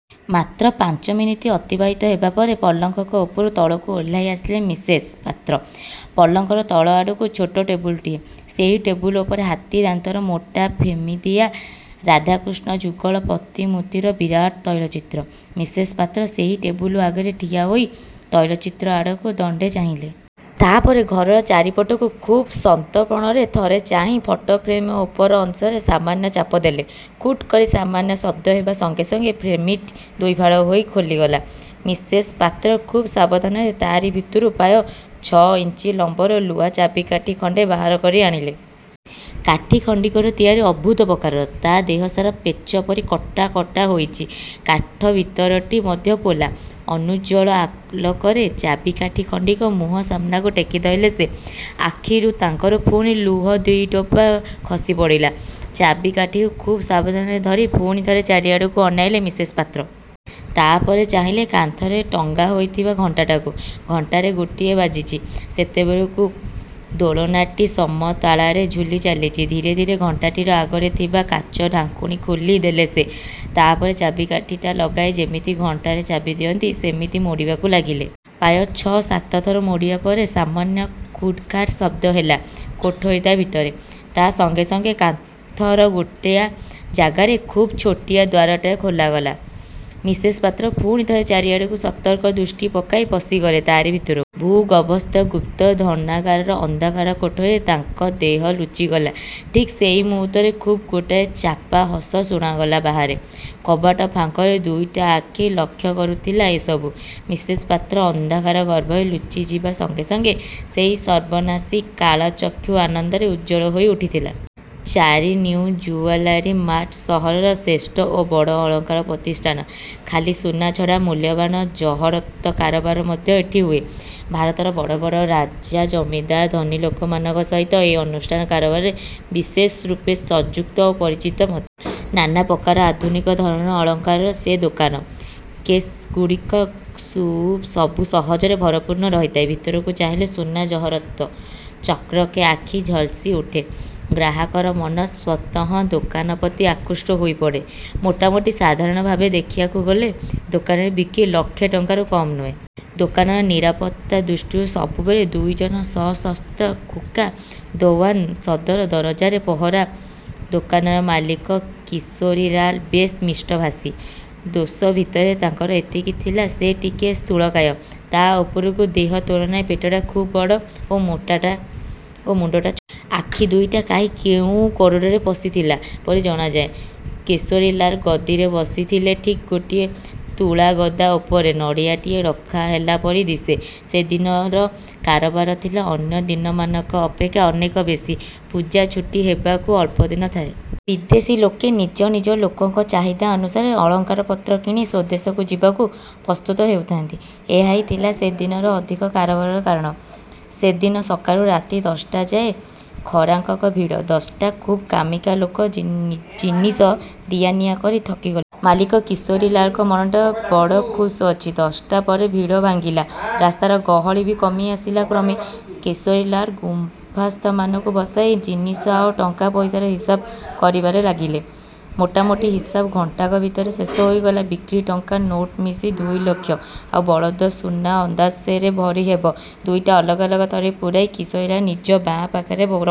ପ୍ରାୟ ପାଞ୍ଚ ମିନିଟ୍ ଅତିବାହିତ ହେବା ପରେ ପଲଙ୍କ ଉପରୁ ତଳକୁ ଓହ୍ଲାଇ ଆସିଲେ ମିସେସ୍ ପାତ୍ର। ପଲଙ୍କର ତଳ ଆଡ଼କୁ ଛୋଟ ଟେବୁଲଟିଏ। ସେଇ ଟେବୁଲ ଉପରେ ହାତୀ ଦାନ୍ତର ମୋଟା ଫ୍ରେମ୍ଦିଆ ରାଧାକୃଷ୍ଣ ଯୁଗଳ ପ୍ରତିମୂର୍ତ୍ତିର ବିରାଟ ତୈଳଚିତ୍ର। ମିସେସ୍ ପାତ୍ର ସେଇ ଟେବୁଲ୍ ଆଗରେ ଠିଆ ହୋଇ ତୈଳଚିତ୍ର ଆଡ଼କୁ ଦଣ୍ଡେ ଚାହିଁଲେ। ତା'ପରେ ଘରର ଚାରିପଟକୁ ଖୁବ୍ ସନ୍ତର୍ପଣରେ ଥରେ ଚାହିଁ ଫଟୋ ଫ୍ରେମ୍ର ଉପର ଅଂଶରେ ସାମାନ୍ୟ ଚାପ ଦେଲେ। 'ଖୁଟ୍' କରି ସାମାନ୍ୟ ଶବ୍ଦ ହେବା ସଙ୍ଗେ ସଙ୍ଗେ ଫ୍ରେମ୍ଟି ଦୁଇଫାଳ ହୋଇ ଖୋଲିଗଲା-। ମିସେସ୍ ପାତ୍ର ଖୁବ୍ ସାବଧାନରେ ତା'ରି ଭିତରୁ ପ୍ରାୟ ଛଅଇଞ୍ଚ ଲମ୍ବର ଲୁହା ଚାବିକାଠି ଖଣ୍ଡେ ବାହାର କରି ଆଣିଲେ। କାଠି ଖଣ୍ଡିକର ତିଆରି ଅଦ୍ଭୁତ ପ୍ରକାରର। ତା' ଦେହସାରା ପେଚ ପରି କଟା କଟା ହୋଇଛି। କାଠି ଭିତରଟି ମଧ୍ୟ ପୋଲା। ଅନୁଜ୍ଜ୍ୱଳ ଆଲୋକରେ ଚାବିକାଠି ଖଣ୍ଡିକ ମୁହଁ ସାମନାକୁ ଟେକି ଧରିଲେ ସେ। ଆଖିରୁ ତାଙ୍କର ପୁଣି ଦୁଇଟୋପା ଲୁହ ଖସି ପଡ଼ିଲା-। ଚାବିକାଠିକୁ ଖୁବ୍ ସାବଧାନରେ ଧରି ପୁଣି ଥରେ ଚାରିଆଡ଼କୁ ଅନାଇଲେ ମିସେସ୍ ପାତ୍ର। ତା'ପରେ ଚାହିଁଲେ କାନ୍ଥରେ ଟଙ୍ଗା ହୋଇଥିବା ଘଣ୍ଟାଟାକୁ। ଘଣ୍ଟାରେ ଗୋଟାଏ ବାଜିଛି ସେତେବେଳକୁ। ଦୋଳନାଟି ସମତାଳରେ ଝୁଲି ଚାଲିଛି। ଧୀରେ ଧୀରେ ଘଣ୍ଟାଟିର ଆଗରେ ଥିବା କାଚ ଢାଙ୍କୁଣୀ ଖୋଲି ଦେଲେ ସେ। ତା'ପରେ ଚାବିକାଠିଟା ଲଗାଇ ଯେମିତି ଘଣ୍ଟାରେ ଚାବି ଦିଅନ୍ତି, ସେମିତି ମୋଡ଼ିବାକୁ ଲାଗିଲେ। ପ୍ରାୟ ଛଅ ସାତ ଥର ମୋଡ଼ିବା ପରେ ସାମାନ୍ୟ ଖୁଡ଼୍ ଖାଡ଼୍ ଶବ୍ଦହେଲା କୋଠରୀଟା ଭିତରେ। ତା' ସଙ୍ଗେ ସଙ୍ଗେ କାନ୍ଥର ଗୋଟାଏ ଜାଗାରେ ଖୁବ୍ ଛୋଟିଆ ଦ୍ୱାରଟାଏ ଖୋଲିଗଲା। ମିସେସ୍ ପାତ୍ର ପୁଣି ଥରେ ଚାରିଆଡ଼କୁ ସତର୍କ ଦୃଷ୍ଟି ପକାଇ ପଶିଗଲେ ତା'ରି ଭିତରକୁ। ଭୂ ଗର୍ଭସ୍ଥ ଗୁପ୍ତ ଧନାଗାରର ଅନ୍ଧକାର କୋଠରୀରେ ତାଙ୍କ ଦେହ ଲୁଚିଗଲା। ଠିକ୍ ସେଇ ମୁହୂର୍ତ୍ତରେ ଖୁବ୍ ଗୋଟାଏ ଚାପା ହସ ଶୁଣାଗଲା ବାହାରେ। କବାଟ ଫାଙ୍କରେ ଦୁଇଟା ଆଖି ଲକ୍ଷ୍ୟ କରୁଥିଲା ଏ ସବୁ। ମିସେସ୍ ପାତ୍ର ଅନ୍ଧକାର ଗର୍ଭରେ ଲୁଚିଯିବା ସଙ୍ଗେ ସଙ୍ଗେ ସେଇ ସର୍ବନାଶୀ କାଳଚକ୍ଷୁ ଆନନ୍ଦରେ ଉଜ୍ଜ୍ୱଳ ହୋଇ ଉଠିଥିଲା। -ଚାରି- ନିଉ ଜୁଏଲାରୀ ମାର୍ଟ ସହରର ଶ୍ରେଷ୍ଠ ଓ ବଡ଼ ଅଳଙ୍କାର ପ୍ରତିଷ୍ଠାନ। ଖାଲି ସୁନା ଛଡ଼ା ମୂଲ୍ୟବାନ ଜହରତ୍ର କାରବାର ମଧ୍ୟ ଏଠି ହୁଏ। ଭାରତର ବଡ଼ ବଡ଼ ରାଜା, ଜମିଦାର, ଧନୀଲୋକମାନଙ୍କ ସହିତ ଏ ଅନୁଷ୍ଠାନ କାରବାରରେ ବିଶେଷରୂପେ ସଂଯୁକ୍ତ ଓ ପରିଚିତ ମଧ୍ୟ। ନାନା ପ୍ରକାର ଆଧୁନିକ ଧରଣର ଅଳଙ୍କାରର ସେ ଦୋକାନ। କେଶ୍ଗୁଡ଼ିକ ସବୁ ସମୟରେ ଭରପୂର ରହିଥାଏ। ଭିତରକୁ ଚାହିଁଲେ ସୁନା ଜହରତ୍ର ଚକ୍ମକ୍ରେ ଆଖି ଝଲସି ଉଠେ; ଗ୍ରାହକର ମନ ସ୍ୱତଃ ଦୋକାନପ୍ରତି ଆକୃଷ୍ଟ ହୋଇପଡ଼େ। ମୋଟାମୋଟି ସାଧାରଣ ଭାବରେ ଦେଖିବାକୁ ଗଲେ ଦୋକାନରେ ବିକ୍ରୀ ଲକ୍ଷେ ଟଙ୍କାରୁ କମ୍ ନୁହେଁ। ଦୋକାନର ନିରାପତ୍ତା ଦୃଷ୍ଟିରୁ ସବୁବେଳେ ଦୁଇଜଣ ସଶସ୍ତ୍ର ଗୁର୍ଖା ଦରଓ୍ୱାନ୍ ସଦର ଦରଜାରେ ପହରା। ଦୋକାନର ମାଲିକ କିଶୋରୀଲାଲ ବେଶ୍ ମିଷ୍ଟଭାଷୀ। ଦୋଷ ଭିତରେ ତାଙ୍କର ଏତିକି ଥିଲା, ସେ ଟିକିଏ ସ୍ଥୂଳକାୟ। ତା' ଉପରକୁ ଦେହ ତୁଳନାରେ ପେଟଟା ଖୁବ୍ ବଡ଼ ଓ ମୁଣ୍ଡଟା ଛୋଟ। ଆଖି ଦୁଇଟା କାହିଁ କେଉଁ କୋରଡ଼ରେ ପଶିଥିଲା ପରି ଜଣାଯାଏ। କିଶୋରୀଲାଲ ଗଦିରେ ବସିଥିଲେ ଠିକ୍ ଗୋଟାଏ ତୁଳାଗଦା ଉପରେ ନଡ଼ିଆଟିଏ ରଖାହେଲା ପରି ଦିଶେ। ସେଦିନର କାରବାର ଥିଲା ଅନ୍ୟ ଦିନମାନଙ୍କ ଅପେକ୍ଷା ଅନେକ ବେଶୀ। ପୂଜା ଛୁଟି ହେବାକୁ ଅଳ୍ପ ଦିନ ଥାଏ। ବିଦେଶୀ ଲୋକେ ନିଜ ନିଜ ଲୋକଙ୍କ ଚାହିଦା ଅନୁସାରେ ଅଳଙ୍କାର ପତ୍ର କିଣି ସ୍ୱଦେଶକୁ ଯିବାକୁ ପ୍ରସ୍ତୁତ ହେଉଥାନ୍ତି। ଏହାହିଁ ଥିଲା ସେ ଦିନର ଅଧିକ କାରବାରର କାରଣ। ସେଦିନ ସକାଳୁ ରାତି ଦଶଟାଯାଏ ଗରାଖଙ୍କ ଭିଡ଼। ଦଶଟା ଖୁବ୍ କାମିକା ଲୋକ ଜିନିଷ ଦିଆ ନିଆ କରି ଥକି ଗଲେଣି। ମାଲିକ କିଶୋରୀଲାଲଙ୍କ ମନଟା ବଡ଼ ଖୁସ୍ ଅଛି। ଦଶଟା ପରେ ଭିଡ଼ ଭାଙ୍ଗିଲା। ରାସ୍ତାର ଗହଳି ବି କମି ଆସିଲା କ୍ରମେ। କିଶୋରୀଲାଲ ଗୁମାସ୍ତାମାନଙ୍କୁ ବସାଇ ଜିନିଷ ଆଉ ଟଙ୍କା ପଇସାର ହିସାବ କରିବାରେ ଲାଗିଲେ-। ମୋଟାମୋଟି ହିସାବ ଘଣ୍ଟାକ ଭିତରେ ଶେଷ ହୋଇଗଲା। ବିକ୍ରି ଟଙ୍କା ନୋଟ ମିଶି ଦୁଇଲକ୍ଷ, ଆଉ ବଦଳ ସୁନା ଅନ୍ଦାଜ ସେରେ ଭଳି ହେବ ଦୁଇଟା ଅଲଗା ଅଲଗା ଥଳିରେ ପୂରାଇ କିଶୋରୀଲାଲ ନିଜ ବାଆଁ ପାଖରେ ରଖିଲେ।